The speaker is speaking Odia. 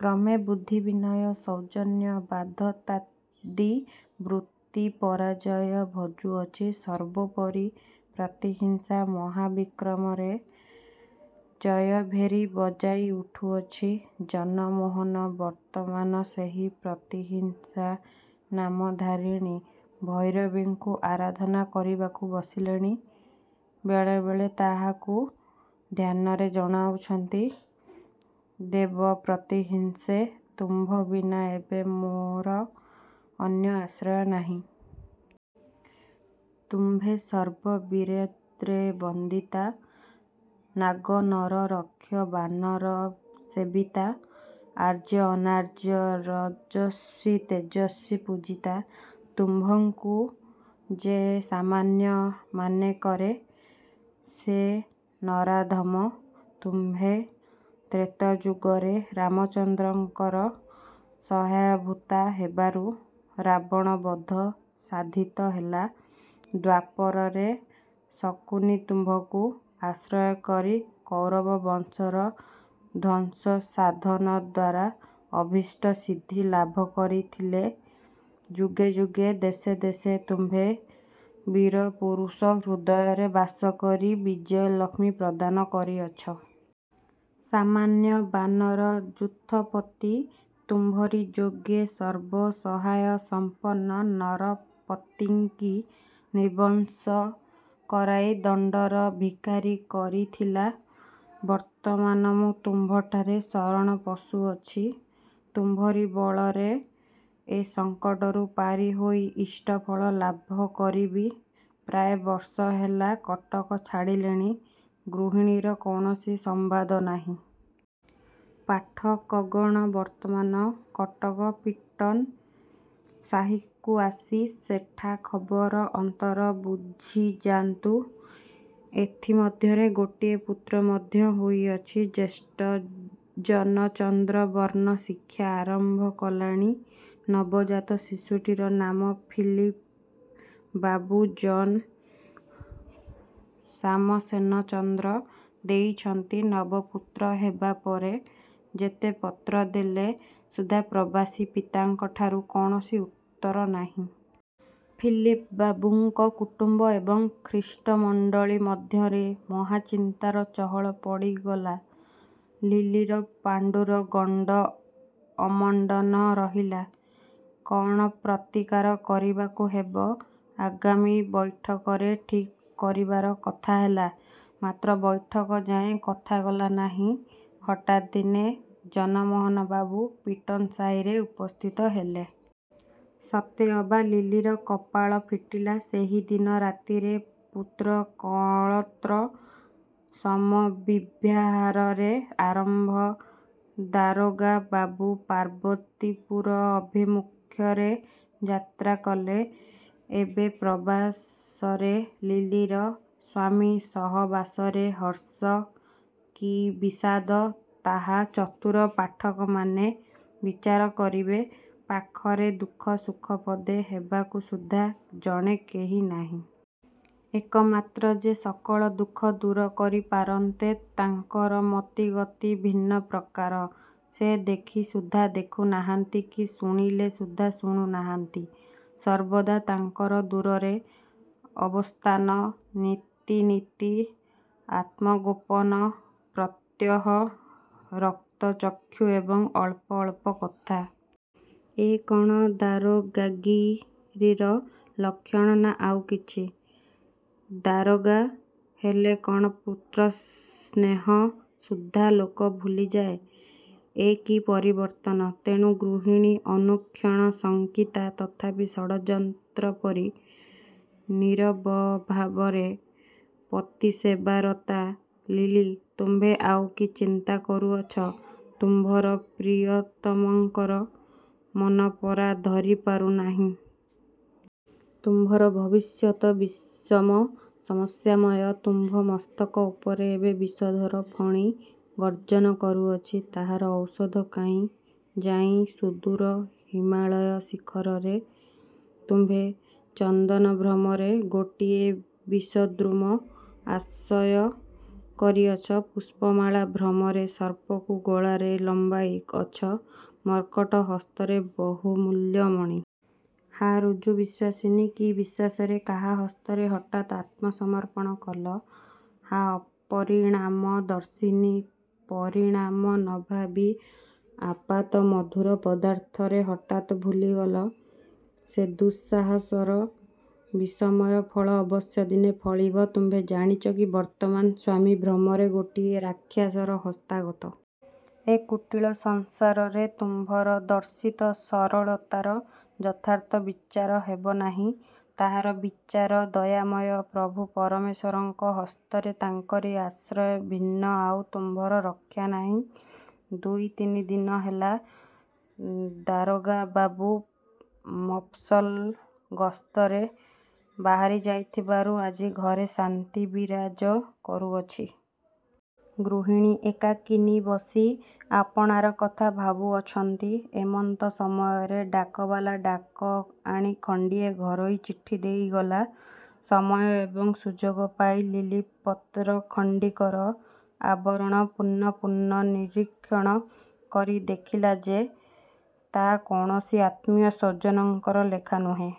କ୍ରମେ ବୁଦ୍ଧି ବିନୟ ସୌଜନ୍ୟ ବାଧ୍ୟତାଦି ବୃତ୍ତି ପରାଜୟ ଭଜୁଅଛି। ସର୍ବୋପରି ପ୍ରତିହିଂସା ମହାବିକ୍ରମରେ ଜୟଭେରୀ ବଜାଇ ଉଠୁଅଛି। ଜନମୋହନ ବର୍ତ୍ତମାନ ସେହି ପ୍ରତିହିଂସାନାମଧାରିଣୀ ଭୈରବୀଙ୍କୁ ଆରାଧନା କରିବାକୁ ବସିଲେଣି। ବେଳେ ବେଳେ ତାହାଙ୍କୁ ଧ୍ୟାନରେ ଜଣାଉଅଛନ୍ତି। 'ଦେବ ପ୍ରତିହିଂସେ! ତୁମ୍ଭ ବିନା ଏବେ ମୋହର ଅନ୍ୟ ଆଶ୍ରୟ ନାହିଁ। ତୁମ୍ଭେ ସର୍ବବୀରେନ୍ଦ୍ରବନ୍ଦିତା, ନାଗ-ନର-ରକ୍ଷ-ବାନରସେବିତା, ଆର୍ଯ୍ୟ-ଅନାର୍ଯ୍ୟ-ରଜସ୍ୱି-ତେଜସ୍ୱି-ପୂଜିତା। ତୁମ୍ଭଙ୍କୁ ଯେ ସାମାନ୍ୟ ମନେ କରେ, ସେ ନରାଧମ। ତୁମ୍ଭେ ତ୍ରେତାଯୁଗରେ ରାମଚନ୍ଦ୍ରଙ୍କର ସହାୟଭୂତା ହେବାରୁ ରାବଣବଧ ସାଧିତ ହେଲା। ଦ୍ୱାପରରେ ଶକୁନି ତୁମ୍ଭଙ୍କୁ ଆଶ୍ରୟ କରି କୌରବବଂଶର ଧ୍ୱଂସସାଧନଦ୍ୱାରା ଅଭୀଷ୍ଟ ସିଦ୍ଧି ଲାଭ କରିଥିଲା ଯୁଗେ ଯୁଗେ ଦେଶେ ଦେଶେ ତୁମ୍ଭେ ବୀରପୁରୁଷ ହୃଦୟରେ ବାସ କରି ବିଜୟଲକ୍ଷ୍ମୀ ପ୍ରଦାନ କରିଅଛ। ସାମାନ୍ୟ ବାନରଯୂଥପତି ତୁମ୍ଭରି ଯୋଗେ ସର୍ବସହାୟସମ୍ପନ୍ନ ନରପତିଙ୍କି ନିର୍ବଂଶ କରାଇ ଦାଣ୍ତର ଭିଖାରୀ କରିଥିଲା। ବର୍ତ୍ତମାନ ମୁଁ ତୁମ୍ଭଠାରେ ଶରଣ ପଶୁଅଛି। ତୁମ୍ଭରି ବଳରେ ଏ ସଙ୍କଟରୁ ପାରି ହୋଇ ଇଷ୍ଟଫଳ ଲାଭ କରିବି। ପ୍ରାୟ ବର୍ଷ ହେଲା କଟକ ଛାଡ଼ିଲିଣି। ଗୃହିଣୀର କୌଣସି ସମ୍ୱାଦ ନାହିଁ। ପାଠକଗଣ! ବର୍ତ୍ତମାନ କଟକ ପିଟନ ସାହିକୁ ଆସି ସେଠା ଖବର ଅନ୍ତର ବୁଝିଯାନ୍ତୁ। ଏଥି ମଧ୍ୟରେ ଗୋଟିଏ ପୁତ୍ର ମଧ୍ୟ ହୋଇଅଛି। ଜ୍ୟେଷ୍ଠ ଜନଚନ୍ଦ୍ର ବର୍ଣ୍ଣ ଶିକ୍ଷା ଆରମ୍ଭ କଲାଣି। ନବଜାତ ଶିଶୁଟିର ନାମ ଫିଲିପ ବାବୁ ଜନ୍ ସାମସେନଚନ୍ଦ୍ର ଦେଇଅଛନ୍ତି। ନବ ପୁତ୍ର ହେବା ପରେ ଯେତେ ପତ୍ରଦେଲେ ସୁଦ୍ଧା ପ୍ରବାସୀ ପିତାଙ୍କଠାରୁ କୌଣସି ଉତ୍ତର ନାହିଁ। ଫିଲିପ ବାବୁଙ୍କ କୁଟୁମ୍ୱ ଏବଂ ଖ୍ରୀଷ୍ଟମଣ୍ତଳୀ ମଧ୍ୟରେ ମହାଚିନ୍ତାର ଚହଳ ପଡ଼ିଗଲା। ଲିଲିର ପାଣ୍ତୁର ଗଣ୍ତ ଅମଣ୍ତନ ରହିଲା। କଣ ପ୍ରତୀକାର କରିବାକୁ ହେବ, ଆଗାମୀ ବୈଠକରେ ଠିକ କରିବାର କଥା ହେଲା; ମାତ୍ର ବୈଠକଯାଏ କଥା ଗଲା ନାହିଁ। ହଠାତ୍ ଦିନେ ଜନମୋହନ ବାବୁ ପିଟନସାହିରେ ଉପସ୍ଥିତ ହେଲେ। ସତେ ଅବା ଲିଲିର କପାଳ ଫିଟିଲା। ସେହି ଦିନ ରାତିରେ ପୁତ୍ରକଳତ୍ର ସମଭିବ୍ୟାହାରରେ ଆମ୍ଭର ଦାରୋଗା ବାବୁ ପାର୍ବତୀପୁର ଅଭିମୁଖରେ ଯାତ୍ରା କଲେ। ଏବେ ପ୍ରବାସରେ ଲିଲିର ସ୍ୱାମିସହବାସରେ ହର୍ଷ କି ବିଷାଦ, ତାହା ଚତୁର ପାଠକମାନେ ବିଚାର କରିବେ-। ପାଖରେ ଦୁଃଖ ସୁଖ ପଦେ ହେବାକୁ ସୁଦ୍ଧା ଜଣେ କେହି ନାହିଁ। ଏକମାତ୍ର ଯେ ସକଳ ଦୁଃଖ ଦୂର କରି ପାରନ୍ତେ, ତାଙ୍କର ମତି ଗତି ଭିନ୍ନପ୍ରକାର। ସେ ଦେଖି ସୁଦ୍ଧା ଦେଖୁ ନାହାନ୍ତି କି ଶୁଣିଲେ ସୁଦ୍ଧା ଶୁଣୁ ନାହାଁନ୍ତି। ସର୍ବଦା ତାଙ୍କର ଦୂରରେ ଅବସ୍ଥାନ ନିତି ନିତି ଆତ୍ମଗୋପନ ପ୍ରତ୍ୟହ ରକ୍ତଚକ୍ଷୁ ଏବଂ ଅଳ୍ପ ଅଳ୍ପ କଥା! ଏ କଣ ଦାରୋଗାଗିରିର ଲକ୍ଷଣ, ନା ଆଉ କିଛି? ଦାରୋଗା ହେଲେ କଣ ପୁତ୍ରସ୍ନେହ ସୁଦ୍ଧା ଲୋକ ଭୁଲିଯାଏ। ଏ କି ପରିବର୍ତ୍ତନ! ତେଣୁ ଗୃହିଣୀ ଅନୁକ୍ଷଣ ଶଙ୍କିତା। ତଥାପି ଜଡ଼-ଯନ୍ତ୍ର ପରି ନୀରବଭାବରେ ପତିସେବାରତା। ଲିଲି! ତୁମ୍ଭେ ଆଉ କି ଚିନ୍ତା କରୁଅଛ? ତୁମ୍ଭର ପ୍ରିୟତମଙ୍କର ମନ ପରା ଧରି ପାରୁନାହଁ-? ତୁମ୍ଭର ଭବିଷ୍ୟତ୍ ବିଷମ ସମସ୍ୟାମୟ। ତୁମ୍ଭ ମସ୍ତକ ଉପରେ ଏବେ ବିଷଧର ଫଣୀ ଗର୍ଜନ କରୁଅଛି। ତାହାର ଔଷଧ କାହିଁ ଯାଇଁ ସୁଦୂର ହିମାଳୟଶିଖରରେ। ତୁମ୍ଭେ ଚନ୍ଦନଭ୍ରମରେ ଗୋଟିଏ ବିଷଦ୍ରୁମ ଆଶ୍ରୟ କରିଅଛ! ପୁଷ୍ପମାଳା ଭ୍ରମରେ ସର୍ପକୁ ଗଳାରେ ଲମ୍ବାଇ ଅଛ। ମର୍କଟ ହସ୍ତରେ ବହୁମୂଲ୍ୟ ମଣି। ହା ଋଜୁବିଶ୍ୱାସିନି! କି ବିଶ୍ୱାସରେ କାହା ହସ୍ତରେ ହଠାତ୍ ଆତ୍ମସମର୍ପଣ କଲ? ହା ଅପରିଣାମଦର୍ଶିନି! ପରିଣାମ ନ ଭାବି ଆପାତମଧୁର ପଦାର୍ଥରେ ହଠାତ୍ ଭୁଲିଗଲ! ସେ ଦୁଃସାହସର ବିଷମୟ ଫଳ ଅବଶ୍ୟ ଦିନେ ଫଳିବ! ତୁମ୍ଭେ ଜାଣିଛ କି ବର୍ତ୍ତମାନ ସ୍ୱାମୀ ଭ୍ରମରେ ଗୋଟିଏ ରାକ୍ଷସର ହସ୍ତଗତା? ଏ କୁଟିଳ ସଂସାରରେ ତୁମ୍ଭର ଦର୍ଶିତ ସରଳତାର ଯଥାର୍ଥ ବିଚାର ହେବ ନାହିଁ। ତାହାର ବିଚାର ଦୟାମୟ ପ୍ରଭୁ ପରମେଶ୍ୱରଙ୍କ ହସ୍ତରେ ତାଙ୍କରି ଆଶ୍ରୟ ଭିନ୍ନ ଆଉ ତୁମ୍ଭର ରକ୍ଷା ନାହିଁ। ଦୁଇ ତିନି ଦିନ ହେଲା ଦାରୋଗା ବାବୁ ମଫସଲ ଗସ୍ତରେ ବାହାରି ଯାଇଥିବାରୁ ଆଜି ଘରେ ଶାନ୍ତି ବିରାଜ କରୁଅଛି। ଗୃହିଣୀ ଏକାକିନୀ ବସି ଆପଣାର କଥା ଭାବୁଅଛନ୍ତି- ଏମନ୍ତ ସମୟରେ ଡାକବାଲା ଡାକ ଆଣି ଖଣ୍ଡିଏ ଘରୋଇ ଚିଠି ଦେଇ ଗଲା। ସମୟ ଏବଂ ସୁଯୋଗ ପାଇ ଲିଲି ପତ୍ରଖଣ୍ଡିକର ଆବରଣ ପୁନଃ ପୁନଃ ନିରୀକ୍ଷଣ କରି ଦେଖିଲେ ଯେ, ତାହା କୌଣସି ଆତ୍ମୀୟ ସ୍ୱଜନଙ୍କର ଲେଖା ନୁହେଁ।